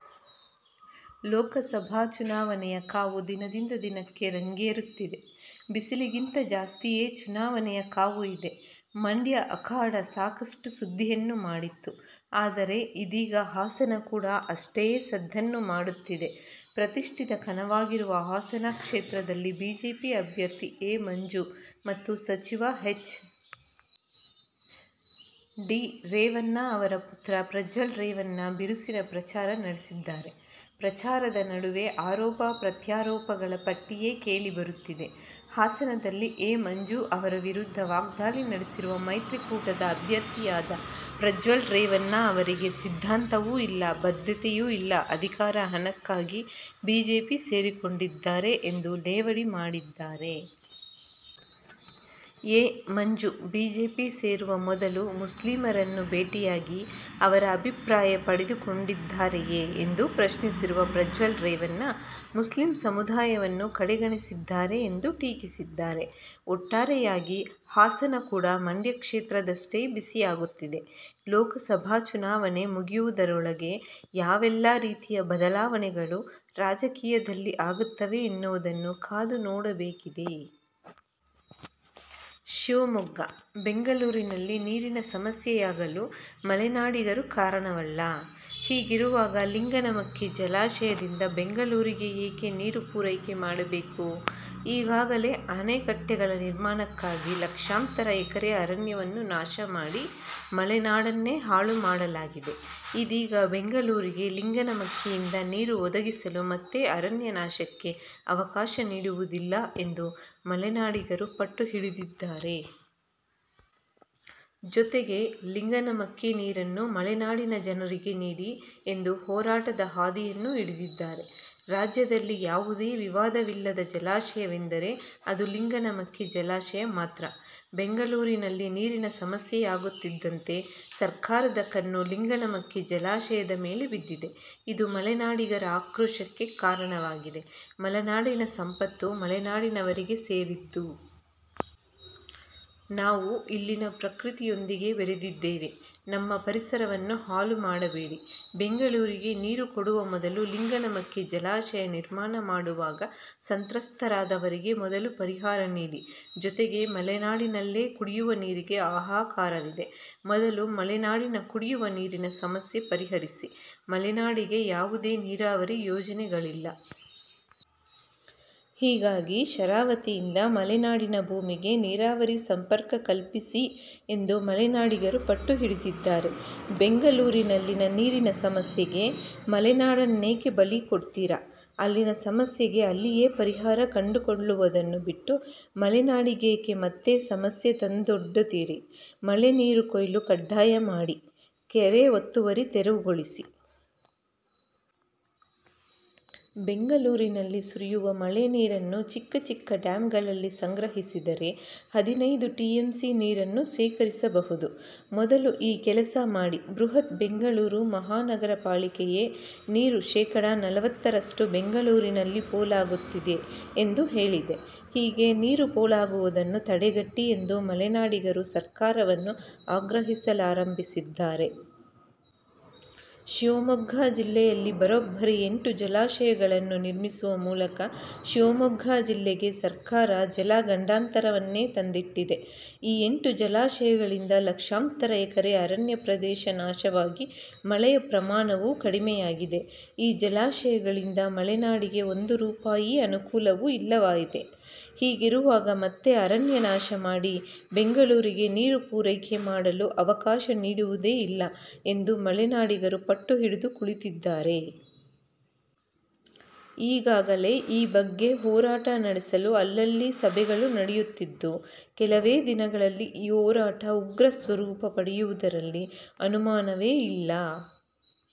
ಲೋಕ ಸಭಾ ಚುನಾವಣೆಯ ಕಾವು ದಿನದಿಂದ ದಿನಕ್ಕೆ ರಂಗೇರುತ್ತಿದೆ.. ಬಿಸಿಲಿಗಿಂತ ಜಾಸ್ತಿಯೇ ಚುನಾವಣೆಯ ಕಾವು ಇದೆ. ಮಂಡ್ಯ ಅಖಾಡ ಸಾಕಷ್ಟು ಸುದ್ದಿಯನ್ನು ಮಾಡಿತ್ತು. ಆದರೆ ಇದೀಗ ಹಾಸನ ಕೂಡ ಅಷ್ಟೆ ಸದ್ದನ್ನು ಮಾಡುತ್ತಿದೆ. ಪ್ರತಿಷ್ಠಿತ ಕಣವಾಗಿರುವ ಹಾಸನ ಕ್ಷೇತ್ರದಲ್ಲಿ ಬಿಜೆಪಿ ಅಭ್ಯರ್ಥಿ ಎ. ಮಂಜು ಮತ್ತು ಸಚಿವ ಹೆಚ್. ಡಿ. ರೇವಣ್ಣ ಅವರ ಪುತ್ರ ಪ್ರಜ್ವಲ್ ರೇವಣ್ಣ ಬಿರುಸಿನ ಪ್ರಚಾರ ನಡೆಸಿದ್ದಾರೆ. ಪ್ರಚಾರದ ನಡುವೆ ಆರೋಪ ಪ್ರತ್ಯಾರೋಪಗಳ ಪಟ್ಟಿಯೇ ಕೇಳಿ ಬರುತ್ತಿದೆ. ಹಾಸನದಲ್ಲಿ ಎ. ಮಂಜು ಅವರ ವಿರುದ್ಧ ವಾಗ್ದಾಳಿ ನಡೆಸಿರುವ ಮೈತ್ರಿಕೂಟದ ಅಭ್ಯರ್ಥಿಯಾದ ಪ್ರಜ್ವಲ್ ರೇವಣ್ಣ ಅವರಿಗೆ ಸಿದ್ಧಾಂತವೂ ಇಲ್ಲ, ಬದ್ಧತೆಯೂ ಇಲ್ಲ. ಅಧಿಕಾರ, ಹಣಕ್ಕಾಗಿ ಬಿಜೆಪಿ ಸೇರಿಕೊಂಡಿದ್ದಾರೆ ಎಂದು ಲೇವಡಿ ಮಾಡಿದ್ದಾರೆ. ಎ. ಮಂಜು ಬಿಜೆಪಿ ಸೇರುವ ಮೊದಲು ಮುಸ್ಲಿಮರನ್ನು ಭೇಟಿಯಾಗಿ ಅವರ ಅಭಿಪ್ರಾಯ ಪಡೆದುಕೊಂಡಿದ್ದಾರೆಯೇ ಎಂದು ಪ್ರಶ್ನಿಸಿರುವ ಪ್ರಜ್ವಲ್ ರೇವಣ್ಣ, ಮುಸ್ಲಿಂ ಸಮುದಾಯವನ್ನು ಕಡೆಗಣಿಸಿದ್ದಾರೆ ಎಂದು ಟೀಕಿಸಿದ್ದಾರೆ. ಒಟ್ಟಾರೆಯಾಗಿ ಹಾಸನ ಕೂಡ ಮಂಡ್ಯ ಕ್ಷೇತ್ರದಷ್ಟೆ ಬಿಸಿಯಾಗುತ್ತಿದೆ. ಲೋಕಸಭಾ ಚುನಾವಣೆ ಮುಗಿಯುವುದರೊಳಗೆ ಯಾವೆಲ್ಲಾ ರೀತಿಯ ಬದಲಾವಣೆಗಳು ರಾಜಕೀಯದಲ್ಲಿ ಆಗುತ್ತವೆ ಎನ್ನುವುದನ್ನು ಕಾದುನೋಡಬೇಕಿದೆ. ಶಿವಮೊಗ್ಗ: ಬೆಂಗಳೂರಿನಲ್ಲಿ ನೀರಿನ ಸಮಸ್ಯೆಯಾಗಲು ಮಲೆನಾಡಿಗರು ಕಾರಣವಲ್ಲ. ಹೀಗಿರುವಾಗ ಲಿಂಗನಮಕ್ಕಿ ಜಲಾಶಯದಿಂದ ಬೆಂಗಳೂರಿಗೆ ಏಕೆ ನೀರು ಪೂರೈಕೆ ಮಾಡಬೇಕು. ಈಗಾಗಲೇ ಅಣೆಕಟ್ಟೆಗಳ ನಿರ್ಮಾಣಕ್ಕಾಗಿ ಲಕ್ಷಾಂತರ ಎಕರೆ ಅರಣ್ಯವನ್ನು ನಾಶ ಮಾಡಿ ಮಲೆನಾಡನ್ನೇ ಹಾಳು ಮಾಡಲಾಗಿದೆ. ಇದೀಗ ಬೆಂಗಳೂರಿಗೆ ಲಿಂಗನಮಕ್ಕಿಯಿಂದ ನೀರು ಒದಗಿಸಲು ಮತ್ತೆ ಅರಣ್ಯ ನಾಶಕ್ಕೆ ಅವಕಾಶ ನೀಡುವುದಿಲ್ಲ ಎಂದು ಮಲೆನಾಡಿಗರು ಪಟ್ಟು ಹಿಡಿದಿದ್ದಾರೆ. ಜೊತೆಗೆ ಲಿಂಗನಮಕ್ಕಿ ನೀರನ್ನು ಮಲೆನಾಡಿನ ಜನರಿಗೇ ನೀಡಿ ಎಂದು ಹೋರಾಟದ ಹಾದಿಯನ್ನೂ ಹಿಡಿದಿದ್ದಾರೆ. ರಾಜ್ಯದಲ್ಲಿ ಯಾವುದೇ ವಿವಾದವಿಲ್ಲದ ಜಲಾಶಯವೆಂದರೆ ಅದು ಲಿಂಗನಮಕ್ಕಿ ಜಲಾಶಯ ಮಾತ್ರ. ಬೆಂಗಳೂರಿನಲ್ಲಿ ನೀರಿನ ಸಮಸ್ಯೆಯಾಗುತ್ತಿದ್ದಂತೆ ಸರ್ಕಾರದ ಕಣ್ಣು ಲಿಂಗನಮಕ್ಕಿ ಜಲಾಶಯದ ಮೇಲೆ ಬಿದ್ದಿದೆ. ಇದು ಮಲೆನಾಡಿಗರ ಆಕ್ರೋಶಕ್ಕೆ ಕಾರಣವಾಗಿದೆ. ಮಲೆನಾಡಿನ ಸಂಪತ್ತು ಮಲೆನಾಡಿನವರಿಗೆ ಸೇರಿದ್ದು. ನಾವು ಇಲ್ಲಿನ ಪ್ರಕೃತಿಯೊಂದಿಗೆ ಬೆರೆತಿದ್ದೇವೆ. ನಮ್ಮ ಪರಿಸರವನ್ನು ಹಾಳು ಮಾಡಬೇಡಿ. ಬೆಂಗಳೂರಿಗೆ ನೀರು ಕೊಡುವ ಮೊದಲು ಲಿಂಗನಮಕ್ಕಿ ಜಲಾಶಯ ನಿರ್ಮಾಣ ಮಾಡುವಾಗ ಸಂತ್ರಸ್ಥರಾದವರಿಗೆ ಮೊದಲು ಪರಿಹಾರ ನೀಡಿ. ಜೊತೆಗೆ ಮಲೆನಾಡಿನಲ್ಲೇ ಕುಡಿಯುವ ನೀರಿಗೆ ಹಾಹಾಕಾರವಿದೆ. ಮೊದಲು ಮಲೆನಾಡಿನ ಕುಡಿಯುವ ನೀರಿನ ಸಮಸ್ಯೆ ಪರಿಹರಿಸಿ. ಮಲೆನಾಡಿಗೆ ಯಾವುದೇ ನೀರಾವರಿ ಯೋಜನೆಗಳಿಲ್ಲ. ಹೀಗಾಗಿ ಶರಾವತಿಯಿಂದ ಮಲೆನಾಡಿನ ಭೂಮಿಗೆ ನೀರಾವರಿ ಸಂಪರ್ಕ ಕಲ್ಪಿಸಿ ಎಂದು ಮಲೆನಾಡಿಗರು ಪಟ್ಟು ಹಿಡಿದಿದ್ದಾರೆ. ಬೆಂಗಳೂರಿನಲ್ಲಿನ ನೀರಿನ ಸಮಸ್ಯೆಗೆ ಮಲೆನಾಡನ್ನೇಕೆ ಬಲಿಕೊಡುತ್ತೀರಿ. ಅಲ್ಲಿನ ಸಮಸ್ಯೆಗೆ ಅಲ್ಲಿಯೇ ಪರಿಹಾರ ಕಂಡುಕೊಳ್ಳುವುದನ್ನು ಬಿಟ್ಟು ಮಲೆನಾಡಿಗೇಕೆ ಮತ್ತೆ ಸಮಸ್ಯೆ ತಂದೊಡ್ಡುತ್ತಿದ್ದೀರಿ. ಮಳೆ ನೀರುಕೊಯ್ಲು ಕಡ್ಡಾಯ ಮಾಡಿ. ಕೆರೆ ಒತ್ತುವರಿ ತೆರವುಗೊಳಿಸಿ. ಬೆಂಗಳೂರಿನಲ್ಲಿ ಸುರಿಯುವ ಮಳೆ ನೀರನ್ನು ಚಿಕ್ಕ ಚಿಕ್ಕ ಡ್ಯಾಂಗಳಲ್ಲಿ ಸಂಗ್ರಹಿಸಿದರೆ ಹದಿನೈದು ಟಿಎಂಸಿ ನೀರನ್ನು ಶೇಖರಿಸಬಹುದು. ಮೊದಲು ಈ ಕೆಲಸ ಮಾಡಿ. ಬೃಹತ್ ಬೆಂಗಳೂರು ಮಹಾನಗರ ಪಾಲಿಕೆಯೇ ನೀರು ಶೇಕಡಾ ನಲವತ್ತರಷ್ಟು ಬೆಂಗಳೂರಿನಲ್ಲಿ ಪೋಲಾಗುತ್ತಿದೆ ಎಂದು ಹೇಳಿದೆ. ಹೀಗೆ ನೀರು ಪೋಲಾಗುವುದನ್ನು ತಡೆಗಟ್ಟಿ ಎಂದು ಮಲೆನಾಡಿಗರು ಸರ್ಕಾರವನ್ನು ಆಗ್ರಹಿಸಲಾರಂಭಿಸಿದ್ದಾರೆ. ಶಿವಮೊಗ್ಗ ಜಿಲ್ಲೆಯಲ್ಲಿ ಬರೋಬ್ಬರಿ ಎಂಟು ಜಲಾಶಯಗಳನ್ನು ನಿರ್ಮಿಸುವ ಮೂಲಕ ಶಿವಮೊಗ್ಗ ಜಿಲ್ಲೆಗೆ ಸರ್ಕಾರ ಜಲ ಗಂಡಾಂತರವನ್ನೇ ತಂದಿಟ್ಟಿದೆ. ಈ ಎಂಟು ಜಲಾಶಯಗಳಿಂದ ಲಕ್ಷಾಂತರ ಎಕರೆ ಅರಣ್ಯ ಪ್ರದೇಶ ನಾಶವಾಗಿ ಮಳೆಯ ಪ್ರಮಾಣವೂ ಕಡಿಮೆಯಾಗಿದೆ. ಈ ಜಲಾಶಯಗಳಿಂದ ಮಲೆನಾಡಿಗೆ ಒಂದು ರೂಪಾಯಿ ಅನುಕೂಲವೂ ಇಲ್ಲವಾಗಿದೆ. ಹೀಗಿರುವಾಗ ಮತ್ತೆ ಅರಣ್ಯ ನಾಶ ಮಾಡಿ ಬೆಂಗಳೂರಿಗೆ ನೀರು ಪೂರೈಕೆ ಮಾಡಲು ಅವಕಾಶ ನೀಡುವುದೇ ಇಲ್ಲ ಎಂದು ಮಲೆನಾಡಿಗರು ಪಟ್ಟು ಹಿಡಿದು ಕುಳಿತಿದ್ದಾರೆ. ಈಗಾಗಲೇ ಈ ಬಗ್ಗೆ ಹೋರಾಟ ನಡೆಸಲು ಅಲ್ಲಲ್ಲಿ ಸಭೆಗಳೂ ನಡೆಯಿತ್ತಿದ್ದು. ಕೆಲವೇ ದಿನಗಳಲ್ಲಿ ಈ ಹೋರಾಟ ಉಗ್ರ ಸ್ವರೂಪ ಪಡೆಯುವುದರಲ್ಲಿ ಅನುಮಾನವೇ ಇಲ್ಲ.